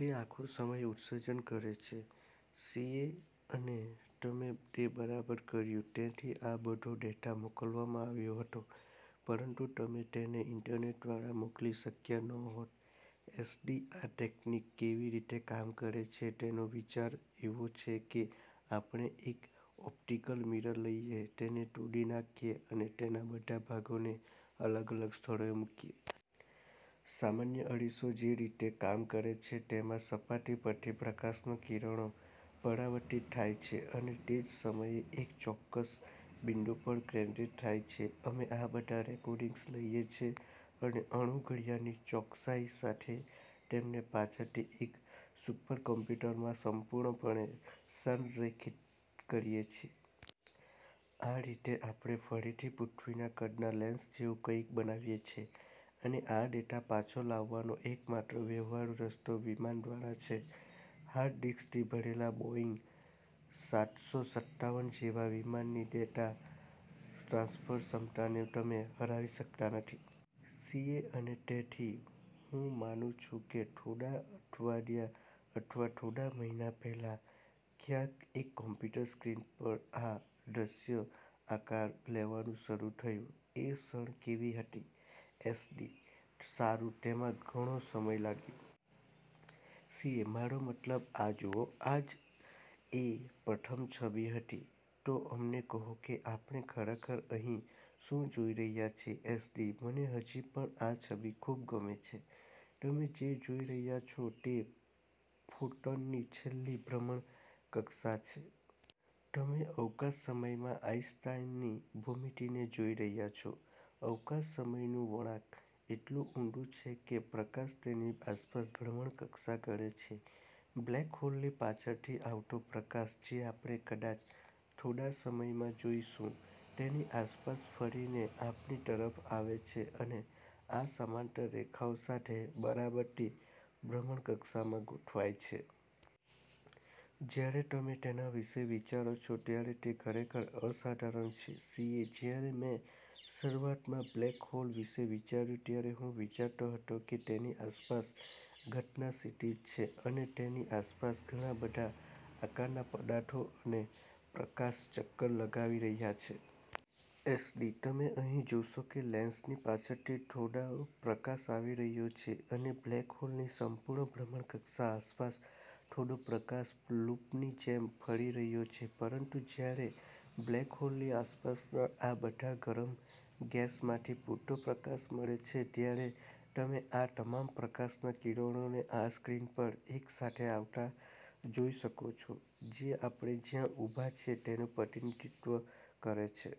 તે આખો સમય ઉત્સર્જન કરે છે. સીએ: અને તમે તે બરાબર કર્યું. તેથી આ બધો ડેટા મોકલવામાં આવ્યો હતો, પરંતુ તમે તેને ઇન્ટરનેટ દ્વારા મોકલી શક્યા ન હોત. એસડી: આ ટેકનિક કેવી રીતે કામ કરે છે તેનો વિચાર એવો છે કે આપણે એક ઓપ્ટિકલ મિરર લઈએ, તેને તોડી નાખીએ અને તેના બધા ભાગોને અલગ-અલગ સ્થળોએ મૂકીએ. સામાન્ય અરીસો જે રીતે કામ કરે છે, તેમાં સપાટી પરથી પ્રકાશના કિરણો પરાવર્તિત થાય છે અને તે જ સમયે એક ચોક્કસ બિંદુ પર કેન્દ્રિત થાય છે. અમે આ બધા રેકોર્ડિંગ્સ લઈએ છીએ અને અણુ ઘડિયાળની ચોકસાઈ સાથે તેમને પાછળથી એક સુપરકમ્પ્યુટરમાં સંપૂર્ણપણે સંરેખિત કરીએ છીએ. આ રીતે આપણે ફરીથી પૃથ્વીના કદના લેન્સ જેવું કંઈક બનાવીએ છીએ. અને આ ડેટા પાછો લાવવાનો એકમાત્ર વ્યવહારુ રસ્તો વિમાન દ્વારા છે. હાર્ડ ડિસ્કથી ભરેલા બોઇંગ સાતસો સત્તાવન જેવા વિમાનની ડેટા ટ્રાન્સફર ક્ષમતાને તમે હરાવી શકતા નથી. સીએ: અને તેથી, હું માનું છું કે થોડા અઠવાડિયા અથવા થોડા મહિના પહેલાં, ક્યાંક એક કમ્પ્યુટર સ્ક્રીન પર આ દૃશ્ય આકાર લેવાનું શરૂ થયું. એ ક્ષણ કેવી હતી? એસડી: સારું, તેમાં ઘણો સમય લાગ્યો. સીએ: મારો મતલબ, આ જુઓ. આ જ એ પ્રથમ છબી હતી. તો અમને કહો કે આપણે ખરેખર અહીં શું જોઈ રહ્યા છીએ. એસડી: મને હજી પણ આ છબી ખૂબ ગમે છે. તમે જે જોઈ રહ્યા છો તે ફોટોનની છેલ્લી ભ્રમણકક્ષા છે. તમે અવકાશ-સમયમાં આઈન્સ્ટાઈનની ભૂમિતિને જોઈ રહ્યા છો. અવકાશ-સમયનું વળાંક એટલું ઊંડું છે કે પ્રકાશ તેની આસપાસ ભ્રમણકક્ષા કરે છે. બ્લેક હોલની પાછળથી આવતો પ્રકાશ, જે આપણે કદાચ થોડા સમયમાં જોઈશું, તેની આસપાસ ફરીને આપણી તરફ આવે છે અને આ સમાંતર રેખાઓ સાથે બરાબર તે ભ્રમણકક્ષામાં ગોઠવાય છે. જ્યારે તમે તેના વિશે વિચારો છો, ત્યારે તે ખરેખર અસાધારણ છે. સીએ: જ્યારે મેં શરૂઆતમાં બ્લેક હોલ વિશે વિચાર્યું, ત્યારે હું વિચારતો હતો કે તેની આસપાસ ઘટના ક્ષિતિજ છે અને તેની આસપાસ ઘણા બધા આકારના પદાર્થો અને પ્રકાશ ચક્કર લગાવી રહ્યા છે. એસડી: તમે અહીં જોશો કે લેન્સની પાછળથી થોડો પ્રકાશ આવી રહ્યો છે અને બ્લેક હોલની સંપૂર્ણ ભ્રમણકક્ષા આસપાસ થોડો પ્રકાશ લૂપની જેમ ફરી રહ્યો છે. પરંતુ જ્યારે બ્લેક હોલની આસપાસના આ બધા ગરમ ગેસમાંથી પૂરતો પ્રકાશ મળે છે, ત્યારે તમે આ તમામ પ્રકાશનાં કિરણોને આ સ્ક્રીન પર એકસાથે આવતા જોઈ શકો છો, જે આપણે જ્યાં ઊભા છીએ તેનું પ્રતિનિધિત્વ કરે છે.